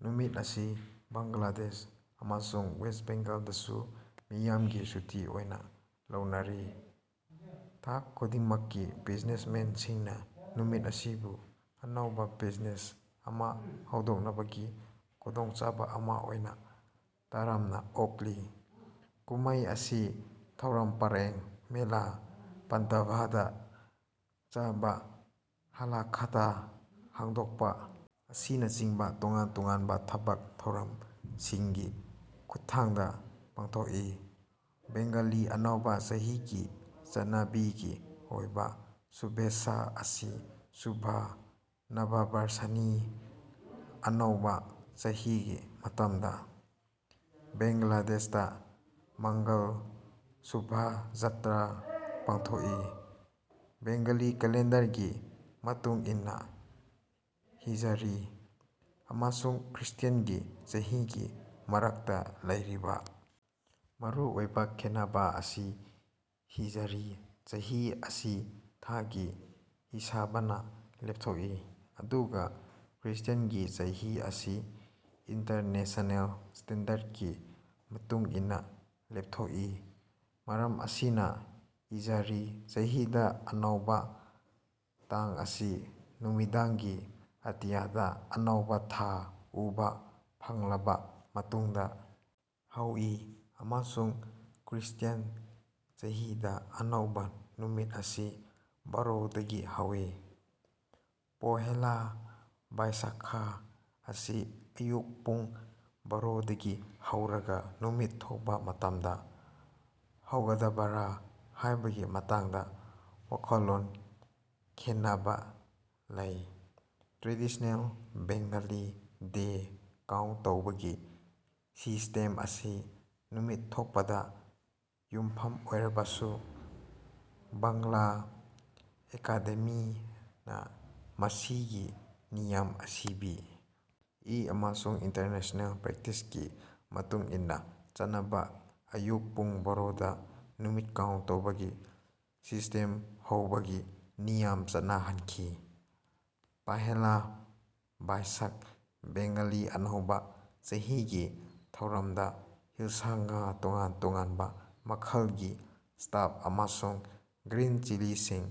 ꯅꯨꯃꯤꯠ ꯑꯁꯤ ꯕꯪꯒ꯭ꯂꯥꯗꯦꯁ ꯑꯃꯁꯨꯡ ꯋꯦꯁ꯭ꯠ ꯕꯦꯡꯒꯥꯜꯗꯁꯨ ꯃꯤꯌꯥꯝꯒꯤ ꯁꯨꯇꯤ ꯑꯣꯏꯅꯥ ꯂꯧꯅꯔꯤ꯫ ꯊꯥꯛ ꯈꯨꯗꯤꯡꯃꯛꯀꯤ ꯕꯤꯖꯤꯅꯦꯁꯃꯦꯟꯁꯤꯡꯅꯥ ꯅꯨꯃꯤꯠ ꯑꯁꯤꯕꯨ ꯑꯅꯧꯕꯥ ꯕꯤꯖꯤꯅꯦꯁ ꯑꯃꯥ ꯍꯧꯗꯣꯛꯅꯕꯒꯤ ꯈꯨꯗꯣꯡꯆꯥꯕꯥ ꯑꯃꯥ ꯑꯣꯏꯅ ꯇꯔꯥꯝꯅ ꯑꯣꯛꯂꯤ꯫ ꯀꯨꯝꯃꯩ ꯑꯁꯤ ꯊꯧꯔꯝ ꯄꯔꯦꯡ ꯃꯦꯂꯥ ꯄꯟꯇꯚꯇꯥ ꯆꯥꯕ ꯍꯥꯂꯈꯥꯇꯥ ꯍꯥꯡꯗꯣꯛꯄꯥ ꯑꯁꯤꯅꯆꯤꯡꯕꯥ ꯇꯣꯉꯥꯟ ꯇꯣꯉꯥꯟꯕꯥ ꯊꯕꯛ ꯊꯧꯔꯝꯁꯤꯡꯒꯤ ꯈꯨꯠꯊꯥꯡꯗꯥ ꯄꯥꯡꯊꯣꯛꯏ꯫ ꯕꯦꯡꯒꯂꯤ ꯑꯅꯧꯕꯥ ꯆꯍꯤꯒꯤ ꯆꯠꯅꯕꯤꯒꯤ ꯑꯣꯏꯕꯥ ꯁꯨꯚꯦꯆ꯭ꯁꯥ ꯑꯁꯤ ꯁꯨꯚ ꯅꯕꯥꯕꯔꯁꯅꯤ꯫ ꯑꯅꯧꯕ ꯆꯍꯤꯒꯤ ꯃꯇꯝꯗ ꯕꯦꯡꯒ꯭ꯂꯥꯗꯦꯁꯇꯥ ꯃꯪꯒꯜ ꯁꯣꯚꯥꯖꯥꯠꯔꯥ ꯄꯥꯡꯊꯣꯛꯏ꯫ ꯕꯦꯡꯒꯥꯂꯤ ꯀꯦꯂꯦꯟꯗꯔꯒꯤ ꯃꯇꯨꯡ ꯏꯟꯅꯥ ꯍꯤꯖꯔꯤ ꯑꯃꯁꯨꯡ ꯈ꯭ꯔ꯭ꯤꯁꯇ꯭ꯌꯥꯟꯒꯤ ꯆꯍꯤꯒꯤ ꯃꯔꯛꯇꯥ ꯂꯩꯔꯤꯕ ꯃꯔꯨ ꯑꯣꯏꯕꯥ ꯈꯦꯠꯅꯕ ꯑꯁꯤ ꯍꯤꯖꯔꯤ ꯆꯍꯤ ꯑꯁꯤ ꯊꯥꯒꯤ ꯍꯤꯁꯥꯕꯅꯥ ꯂꯦꯞꯊꯣꯛꯏ ꯑꯗꯨꯒꯥ ꯈ꯭ꯔ꯭ꯤꯁꯇ꯭ꯌꯥꯟꯒꯤ ꯆꯍꯤ ꯑꯁꯤ ꯏꯟꯇꯔꯅꯦꯁꯅꯦꯜ ꯁ꯭ꯇꯦꯟꯗꯔꯗꯀꯤ ꯃꯇꯨꯡ ꯏꯟꯅꯥ ꯂꯦꯞꯊꯣꯛꯏ꯫ ꯃꯔꯝ ꯑꯁꯤꯅꯥ ꯍꯤꯖꯔꯤ ꯆꯍꯤꯗꯥ ꯑꯅꯧꯕꯥ ꯇꯥꯡ ꯑꯁꯤ ꯅꯨꯃꯤꯗꯥꯡꯒꯤ ꯑꯇꯤꯌꯥꯗꯥ ꯑꯅꯧꯕꯥ ꯊꯥ ꯎꯕꯥ ꯐꯪꯂꯕꯥ ꯃꯇꯨꯡꯗꯥ ꯍꯧꯏ ꯑꯃꯁꯨꯡ ꯈ꯭ꯔ꯭ꯤꯁꯇ꯭ꯌꯥꯟ ꯆꯍꯤꯗꯥ ꯑꯅꯧꯕ ꯅꯨꯃꯤꯠ ꯑꯁꯤ ꯕꯥꯔꯣ ꯗꯒꯤ ꯍꯧꯏ꯫ ꯄꯣꯍꯦꯂꯥ ꯕꯥꯏꯁꯥꯈ ꯑꯁꯤ ꯑꯌꯨꯛꯀꯤ ꯄꯨꯡ ꯕꯥꯔꯣꯗꯒꯤ ꯍꯧꯔꯒꯥ ꯅꯨꯃꯤꯠ ꯊꯣꯛꯄꯥ ꯃꯇꯝꯗꯥ ꯍꯧꯒꯗꯕꯔꯥ ꯍꯥꯏꯕꯒꯤ ꯃꯇꯥꯡꯗꯥ ꯋꯥꯈꯜꯂꯣꯟ ꯈꯦꯟꯅꯕꯥ ꯂꯩ꯫ ꯇ꯭ꯔꯦꯗꯤꯁꯅꯦꯜ ꯕꯦꯡꯒꯂꯤ ꯗꯦ ꯀꯥꯎꯟꯇ ꯇꯧꯕꯒꯤ ꯁꯤꯁ꯭ꯇꯦꯝ ꯑꯁꯤ ꯅꯨꯃꯤꯠ ꯊꯣꯛꯄꯗ ꯌꯨꯝꯐꯝ ꯑꯣꯏꯔꯕꯁꯨ ꯕꯥꯡꯂꯥ ꯑꯦꯀꯥꯗꯦꯃꯤꯅꯥ ꯃꯁꯤꯒꯤ ꯅꯤꯌꯝ ꯑꯁꯤ ꯕꯤ. ꯏ. ꯑꯃꯁꯨꯡ ꯏꯟꯇꯔꯅꯦꯁꯅꯦꯜ ꯄ꯭ꯔꯦꯛꯇꯤꯁꯀꯤ ꯃꯇꯨꯡ ꯏꯟꯅꯥ ꯆꯠꯅꯕ ꯑꯌꯨꯛ ꯄꯨꯡ ꯕꯥꯔꯣꯗꯥ ꯅꯨꯃꯤꯠ ꯀꯥꯎꯟꯇ ꯇꯧꯕꯒꯤ ꯁꯤꯁ꯭ꯇꯦꯝ ꯍꯧꯕꯒꯤ ꯅꯤꯌꯝ ꯆꯠꯅꯍꯟꯈꯤ꯫ ꯄꯥꯍꯦꯂꯥ ꯕꯥꯏꯁꯥꯈ ꯕꯦꯡꯒꯥꯂꯤ ꯑꯅꯧꯕꯥ ꯆꯍꯤꯒꯤ ꯊꯧꯔꯝꯗꯥ ꯍꯤꯜꯁꯥ ꯉꯥ ꯇꯣꯉꯥꯟ ꯇꯣꯉꯥꯟꯕꯥ ꯃꯈꯜꯒꯤ ꯁ꯭ꯇꯐ ꯑꯃꯁꯨꯡ ꯒ꯭ꯔꯤꯟ ꯆꯤꯂꯤꯁꯤꯡ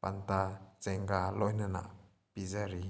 ꯄꯟꯇꯥ ꯆꯦꯡꯒꯥ ꯂꯣꯏꯅꯅꯥ ꯄꯤꯖꯔꯤ꯫